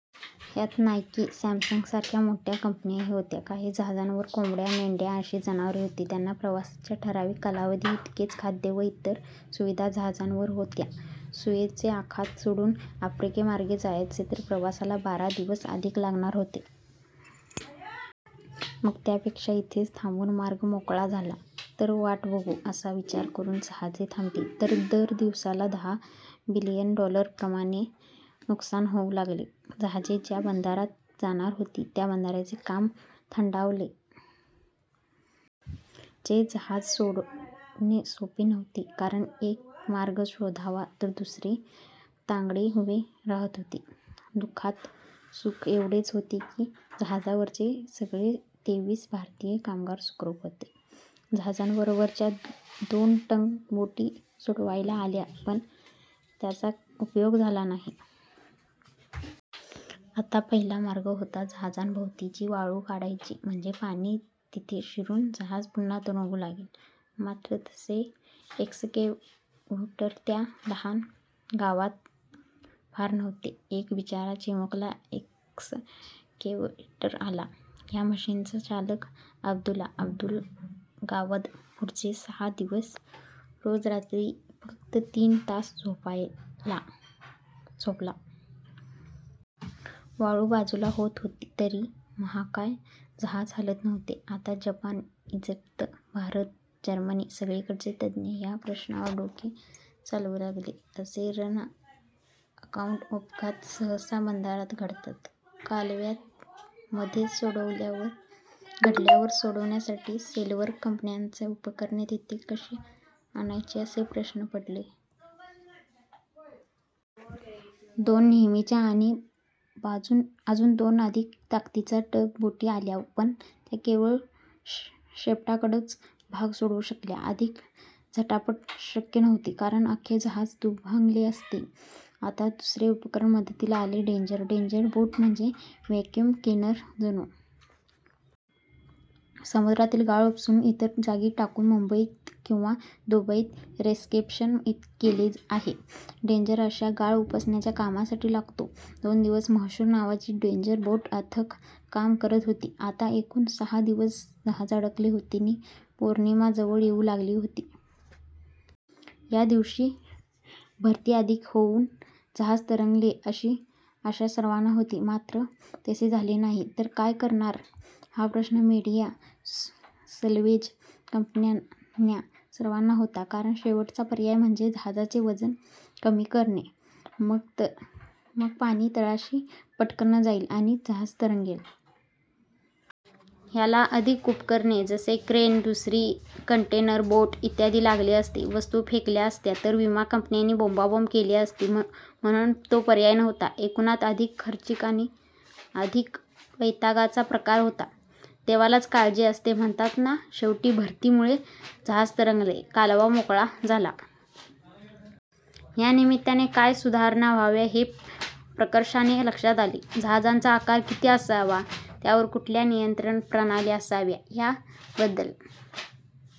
ह्यात Nike, Samsung सारख्या मोठ्या कंपन्याही होत्या. काही जहाजांवर कोंबड्या, मेंढ्या अशी जनावरे होती. त्यांना प्रवासाच्या ठराविक कालावधी इतकेच खाद्य व इतर सुविधा जहाजावर होत्या. सुएझचे आखात सोडून आफ्रिकेमार्गे जायचे तर प्रवासाला बारा दिवस अधिक लागणार होते. मग त्यापेक्षा इथेच थांबून मार्ग मोकळा झाला तर वाट बघू असा विचार करून जहाजे थांबली. दर दिवसाला दहा बिलियन डॉलर प्रमाणे नुकसान होऊ लागले. जहाजे ज्या बंदरात जाणार होती त्या बंदरांचे काम थंडावले. हे जहाज सोडवणे सोपे नव्हते, कारण एक मार्ग शोधावा तर दुसरेच त्रांगडे उभे राहत होते. दुःखात सुख एवढेच होते की जहाजावरचे सगळे तेवीस भारतीय कामगार सुखरूप होते. जहाजाबरोबरच्या दोन टग बोटी सोडवायला आल्या पण त्याचा उपयोग झाला नाही. आता पहिला मार्ग होता जहाजाभोवतीची वाळू काढायची म्हणजे पाणी तिथे शिरून जहाज पुन्हा तरंगू लागेल. मात्र तसे एक्सकेव्हेटर त्या लहान गावात फार नव्हते. एक बिचारा चिमुकला एक्सकेव्हेटर आला. ह्या मशीनचा चालक अब्दुल्ला अब्दुल-गावाद पुढचे सहा दिवस रोज रात्री फक्त तीन तास झोपला. वाळू बाजूला होत होती तरी महाकाय जहाज हलत नव्हते. आता जपान, ईजिप्त, भारत, जर्मनी सगळीकडचे तज्ञ ह्या प्रश्नावर डोके चालवू लागले. असे 'रन अग्राउंड' अपघात सहसा बंदरात घडतात. कालव्यात मध्येच घडल्यावर सोडवण्यासाठी साल्व्हेज कंपन्यांना उपकरणे तिथे कशी आणायची असे प्रश्न पडले. दोन नेहमीच्या आणि अजून दोन अधिक ताकदीच्या टग बोटी आल्या पण त्या केवळ शेपटाकडचा भाग सोडवू शकल्या. अधिक झटापट शक्य नव्हती कारण अख्खे जहाज दुभंगले असते. आता दुसरे उपकरण मदतीला आले ड्रेजर. ड्रेजर बोट म्हणजे व्हॅक्यूम क्लीनर जणू. समुद्रातील गाळ उपसून इतर जागी टाकून मुंबईत किंवा दुबईत 'रेक्लेमेशन' केले आहे. ड्रेजर अशा गाळ उपसण्याचा कामासाठी लागतो. दोन दिवस 'मशहूर' नावाची ड्रेजर बोट अथक काम करत होती. आता एकूण सहा दिवस जहाज अडकले होते नि पौर्णिमा जवळ येऊ लागली होती. ह्या दिवशी भरती अधिक येऊन जहाज तरंगेल अशी आशा सर्वाना होती. मात्र तसे झालं नाही तर काय करणार? हा प्रश्न मिडीया, साल्वेज कंपन्या सर्वाना होता. कारण शेवटचा पर्याय म्हणजे जहाजाचे वजन कमी करणे मग पाणी तळाशी पटकन जाईल आणि जहाज तरंगेल. ह्याला अधिक उपकरणे जसे क्रेन्स, दुसरी कंटेनर बोट इ लागले असते. वस्तू फेकल्या असत्या तर विमा कंपन्यांनी बोंबाबोंब केली असती म्हणून तो पर्याय नव्हता. एकूणात अधिक खर्चिक आणि अधिक वैतागाचा प्रकार होता. देवालाच काळजी असते म्हणतात ना, शेवटी भरतीमुळे जहाज तरंगले, कालवा मोकळा झाला!! ह्या निमित्ताने काय सुधारणा हव्या हे प्रकर्षाने लक्षात आले. जहाजांचा आकार किती असावा, त्यावर कुठल्या नियंत्रण प्रणाली असाव्या ह्या बद्दल--